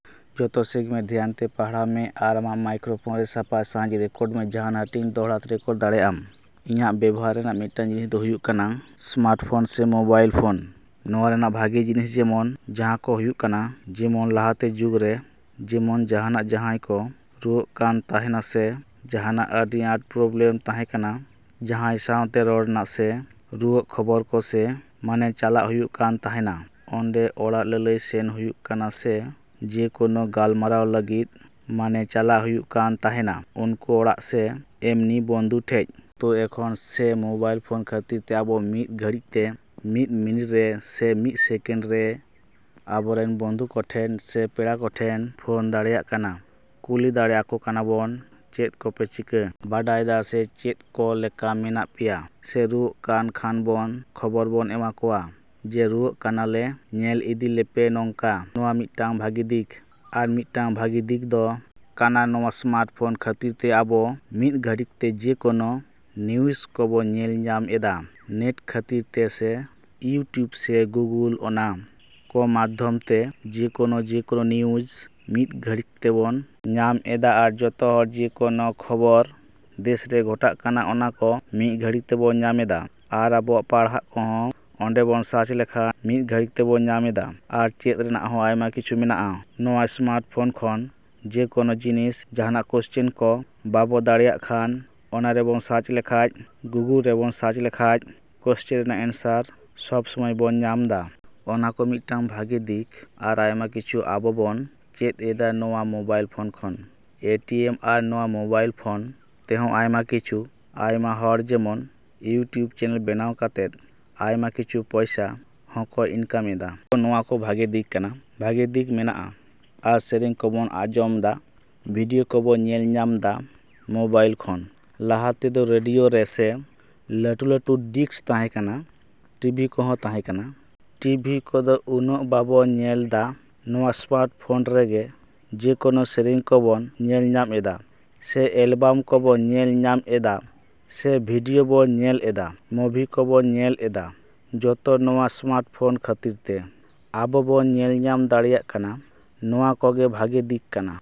‎ᱤᱧᱟᱹᱜ ᱵᱮᱵᱚᱦᱟᱨ ᱨᱮᱱᱟᱜ ᱢᱤᱫᱴᱟᱝ ᱡᱤᱱᱤᱥ ᱫᱚ ᱦᱩᱭᱩᱜ ᱠᱟᱱᱟ ᱥᱢᱟᱨᱴᱯᱷᱳᱱ ᱥᱮ ᱢᱳᱵᱟᱭᱤᱞ ᱯᱷᱳᱱ᱾ ᱱᱚᱣᱟ ᱨᱮᱱᱟᱜ ᱵᱷᱟᱹᱜᱤ ᱡᱤᱱᱤᱥ ᱡᱮᱢᱚᱱ ᱡᱟᱦᱟᱸ ᱠᱚ ᱦᱩᱭᱩᱜ ᱠᱟᱱᱟ, ᱡᱮᱢᱚᱱ ᱞᱟᱦᱟᱛᱮ ᱡᱩᱜᱽᱨᱮ ᱡᱮᱢᱚᱱ ᱡᱟᱦᱟᱸᱱᱟᱜ ᱡᱟᱦᱟᱸᱭ ᱠᱚ ᱨᱩᱣᱟᱹᱜ ᱠᱟᱱ ᱛᱟᱦᱮᱸᱱᱟ ᱥᱮ ᱡᱟᱦᱟᱸᱱᱟᱜ ᱟᱹᱰᱤ ᱟᱸᱴ ᱯᱨᱚᱵᱮᱞᱮᱢ ᱛᱟᱸᱦᱮ ᱠᱟᱱᱟ, ᱡᱟᱸᱦᱟᱭ ᱥᱟᱣᱛᱮ ᱨᱚᱲ ᱨᱮᱱᱟᱜ ᱥᱮ ᱨᱩᱣᱟᱹᱜ ᱠᱷᱚᱵᱚᱨ ᱠᱚ ᱥᱮ ᱢᱟᱱᱮ ᱪᱟᱞᱟᱜ ᱦᱩᱭᱩᱜ ᱠᱟᱱ ᱛᱟᱸᱦᱮᱱᱟ ᱚᱸᱰᱮ ᱚᱲᱟᱜ ᱞᱟᱹᱞᱟᱹᱭ ᱥᱮᱱ ᱦᱩᱭᱩᱜ ᱠᱟᱱᱟ ᱥᱮ ᱡᱮᱠᱳᱱᱳ ᱜᱟᱞᱢᱟᱨᱟᱣ ᱞᱟᱹᱜᱤᱫ ᱢᱟᱱᱮ ᱪᱟᱞᱟᱣ ᱦᱩᱭᱩᱜ ᱠᱟᱱ ᱛᱟᱦᱮᱸᱱᱟ ᱩᱱᱠᱩ ᱚᱲᱟᱜ ᱥᱮ ᱮᱢᱱᱤ ᱵᱚᱱᱫᱷᱩ ᱴᱷᱮᱡ᱾ ᱛᱳ ᱮᱠᱷᱚᱱ ᱥᱮ ᱢᱳᱵᱟᱭᱤᱞ ᱯᱷᱳᱱ ᱠᱷᱟᱹᱛᱤᱨ ᱛᱮ ᱟᱵᱚ ᱢᱤᱫ ᱜᱷᱟᱹᱲᱤᱡᱛᱮ ᱢᱤᱫ ᱢᱤᱱᱤᱴ ᱨᱮ ᱥᱮ ᱢᱤᱫ ᱥᱮᱠᱮᱱᱰ ᱨᱮ ᱟᱵᱚ ᱨᱮᱱ ᱵᱚᱱᱫᱷᱩ ᱠᱚᱴᱷᱮᱱ ᱥᱮ ᱯᱮᱲᱟ ᱠᱚᱴᱷᱮᱱ ᱯᱷᱳᱱ ᱫᱟᱲᱮᱭᱟᱜ ᱠᱟᱱᱟ, ᱠᱩᱞᱤ ᱫᱟᱲᱮ ᱟᱠᱚ ᱠᱟᱱᱟ ᱵᱚᱱ ᱪᱮᱫ ᱠᱚᱯᱮ ᱪᱤᱠᱟ. ᱵᱟᱲᱟᱭ ᱫᱟ ᱥᱮ ᱪᱮᱫ ᱠᱚ ᱞᱮᱠᱟ ᱢᱮᱱᱟᱜ ᱯᱮᱭᱟ ᱥᱮ ᱨᱩᱣᱟᱹᱜ ᱠᱟᱱ ᱠᱷᱟᱱ ᱵᱚᱱ ᱠᱷᱚᱵᱚᱨ ᱵᱚᱱ ᱮᱢᱟ ᱠᱚᱣᱟ ᱡᱮ ᱨᱩᱣᱟᱹᱜ ᱠᱟᱱᱟᱞᱮ ᱧᱮᱞ ᱤᱫᱤ ᱞᱮᱯᱮ ᱱᱚᱝᱠᱟ᱾ ᱱᱚᱣᱟ ᱢᱤᱫᱴᱟᱹᱝ ᱵᱷᱟᱹᱜᱤ ᱫᱤᱠ᱾ ᱟᱨ ᱢᱤᱫᱴᱟᱹᱝ ᱵᱷᱟᱹᱜᱤ ᱫᱤᱠ ᱫᱚ ᱠᱟᱱᱟ ᱱᱚᱣᱟ ᱥᱢᱟᱨᱴ ᱯᱷᱳᱱ ᱠᱷᱟᱹᱛᱤᱨ ᱛᱮ ᱟᱵᱚ ᱢᱤᱫᱽ ᱜᱷᱟᱹᱲᱤᱛᱮ ᱡᱮ ᱠᱳᱱᱳ ᱱᱤᱭᱩᱥ ᱠᱚᱵᱚᱱ ᱧᱮᱞ ᱧᱟᱢ ᱮᱫᱟ ᱱᱮᱴ ᱠᱷᱟᱹᱛᱤᱨ ᱛᱮ ᱥᱮ ᱤᱭᱩᱴᱩᱵ ᱥᱮ ᱜᱩᱜᱳᱞ ᱚᱱᱟ ᱠᱚ ᱢᱟᱫᱽᱫᱷᱚᱢ ᱛᱮ ᱡᱮᱠᱳᱱᱳ ᱡᱮᱠᱳᱱᱳ ᱱᱤᱭᱩᱡ ᱢᱤᱫ ᱜᱷᱟᱹᱲᱤᱡ ᱛᱮᱵᱚᱱ ᱧᱟᱢ ᱮᱫᱟ ᱟᱨ ᱡᱚᱛᱚ ᱦᱚᱲ ᱡᱮᱠᱳᱱᱳ ᱠᱷᱚᱵᱚᱨ ᱫᱮᱥᱨᱮ ᱜᱷᱚᱴᱟᱜ ᱠᱟᱱᱟ ᱚᱱᱟ ᱠᱚ ᱢᱤᱫ ᱜᱷᱟᱹᱲᱤ ᱛᱮᱵᱚᱱ ᱧᱟᱢᱮᱫᱟ ᱟᱨ ᱟᱵᱚᱣᱟᱜ ᱯᱟᱲᱦᱟᱣ ᱠᱚᱦᱚᱸ ᱚᱸᱰᱮ ᱵᱚᱱ ᱥᱟᱨᱪ ᱞᱮᱠᱷᱟᱱ ᱢᱤᱫ ᱜᱷᱟᱹᱲᱤ ᱛᱮᱵᱚᱱ ᱧᱟᱢ ᱮᱫᱟ ᱟᱨ ᱪᱮᱫ ᱨᱮᱱᱟᱜ ᱦᱚᱸ ᱟᱭᱢᱟ ᱠᱤᱪᱷᱩ ᱢᱮᱱᱟᱜᱼᱟ ᱱᱚᱣᱟ ᱮᱥᱢᱟᱨᱴ ᱯᱷᱳᱱ ᱠᱷᱚᱱ ᱡᱮ ᱠᱳᱱᱳ ᱡᱤᱱᱤᱥ ᱡᱟᱦᱟᱸᱱᱟᱜ ᱠᱚᱥᱪᱮᱱ ᱠᱚ ᱵᱟᱵᱚ ᱫᱟᱲᱮᱭᱟᱜ ᱠᱷᱟᱱ ᱚᱱᱟ ᱨᱮᱵᱚᱱ ᱥᱟᱨᱪ ᱞᱮᱠᱷᱟᱡ ᱜᱩᱜᱳᱞ ᱨᱮᱵᱚᱱ ᱥᱟᱨᱪ ᱞᱮᱠᱷᱟᱡ ᱠᱚᱥᱪᱮᱱ ᱨᱮᱱᱟᱜ ᱮᱱᱥᱟᱨ ᱥᱚᱵ ᱥᱚᱢᱚᱭ ᱵᱚᱱ ᱧᱟᱢᱫᱟ᱾ ᱚᱱᱟ ᱠᱚ ᱢᱤᱫᱴᱟᱝ ᱵᱷᱟᱹᱜᱤ ᱫᱤᱠ ᱟᱨ ᱟᱭᱢᱟ ᱠᱤᱪᱷᱩ ᱟᱵᱚ ᱵᱚᱱ ᱪᱮᱫ ᱮᱫᱟ ᱱᱚᱣᱟ ᱢᱳᱵᱟᱭᱤᱞ ᱯᱷᱳᱱ ᱠᱷᱚᱱ᱾ ᱮᱴᱤᱭᱮᱢ ᱟᱨ ᱱᱚᱣᱟ ᱢᱳᱵᱟᱭᱤᱞ ᱯᱷᱳᱱ ᱛᱮᱦᱚᱸ ᱟᱭᱢᱟ ᱠᱤᱪᱷᱩ ᱟᱭᱢᱟ ᱦᱚᱲ ᱡᱮᱢᱚᱱ ᱤᱭᱩᱴᱩᱵᱽ ᱪᱮᱱᱮᱞ ᱵᱮᱱᱟᱣ ᱠᱟᱛᱮᱫ ᱟᱭᱢᱟ ᱠᱤᱪᱷᱩ ᱯᱚᱭᱥᱟ ᱦᱚᱸᱠᱚ ᱤᱱᱠᱟᱢ ᱮᱫᱟ᱾ ᱛᱳ ᱱᱚᱣᱟ ᱠᱚ ᱵᱷᱟᱹᱜᱤ ᱫᱤᱠ ᱠᱟᱱᱟ, ᱵᱷᱟᱹᱜᱤ ᱫᱤᱠ ᱢᱮᱱᱟᱜᱼᱟ᱾ ᱟᱨ ᱥᱮᱨᱮᱧ ᱠᱚᱵᱚᱱ ᱟᱸᱡᱚᱢ ᱧᱟᱢᱫᱟ, ᱵᱷᱤᱰᱭᱳ ᱠᱚᱵᱚᱱ ᱧᱮᱞ ᱧᱟᱢ ᱫᱟ ᱢᱳᱵᱟᱭᱤᱞ ᱠᱷᱚᱱ᱾ ᱞᱟᱦᱟ ᱛᱮᱫᱚ ᱨᱮᱰᱤᱭᱳ ᱨᱮ ᱥᱮ ᱞᱟᱹᱴᱩ ᱞᱟᱹᱴᱩ ᱰᱤᱥᱠ ᱛᱟᱸᱦᱮ ᱠᱟᱱᱟ, ᱴᱤᱵᱷᱤ ᱠᱚ ᱛᱟᱸᱦᱮ ᱠᱟᱱᱟ᱾ ᱴᱤᱵᱷᱤ ᱠᱚᱫᱚ ᱩᱱᱟᱹᱜ ᱵᱟᱵᱚᱱ ᱧᱮᱞᱫᱟ᱾ ᱱᱚᱣᱟ ᱥᱢᱟᱨᱴ ᱯᱷᱳᱱ ᱨᱮᱜᱮ ᱡᱮᱠᱳᱱᱳ ᱥᱮᱨᱮᱧ ᱠᱚᱵᱚᱱ ᱧᱮᱞ ᱧᱟᱢ ᱮᱫᱟ ᱥᱮ ᱮᱞᱵᱟᱢ ᱠᱚᱵᱚᱱ ᱧᱮᱞ ᱧᱟᱢ ᱮᱫᱟ ᱥᱮ ᱵᱷᱤᱰᱭᱳ ᱵᱚᱱ ᱧᱮᱞᱮᱫᱟ, ᱢᱳᱵᱷᱤ ᱠᱚᱵᱚᱱ ᱧᱮᱞᱮᱫᱟ᱾ ᱡᱚᱛᱚ ᱱᱚᱣᱟ ᱥᱢᱟᱨᱴ ᱯᱷᱳᱱ ᱠᱷᱟᱹᱛᱤᱨ ᱛᱮ ᱟᱵᱚ ᱵᱚᱱ ᱧᱮᱞ ᱧᱟᱢ ᱫᱟᱲᱮᱭᱟᱜ ᱠᱟᱱᱟ᱾ ᱱᱚᱣᱟ ᱠᱚᱜᱮ ᱵᱷᱟᱹᱜᱤ ᱫᱤᱠ ᱠᱟᱱᱟ᱾।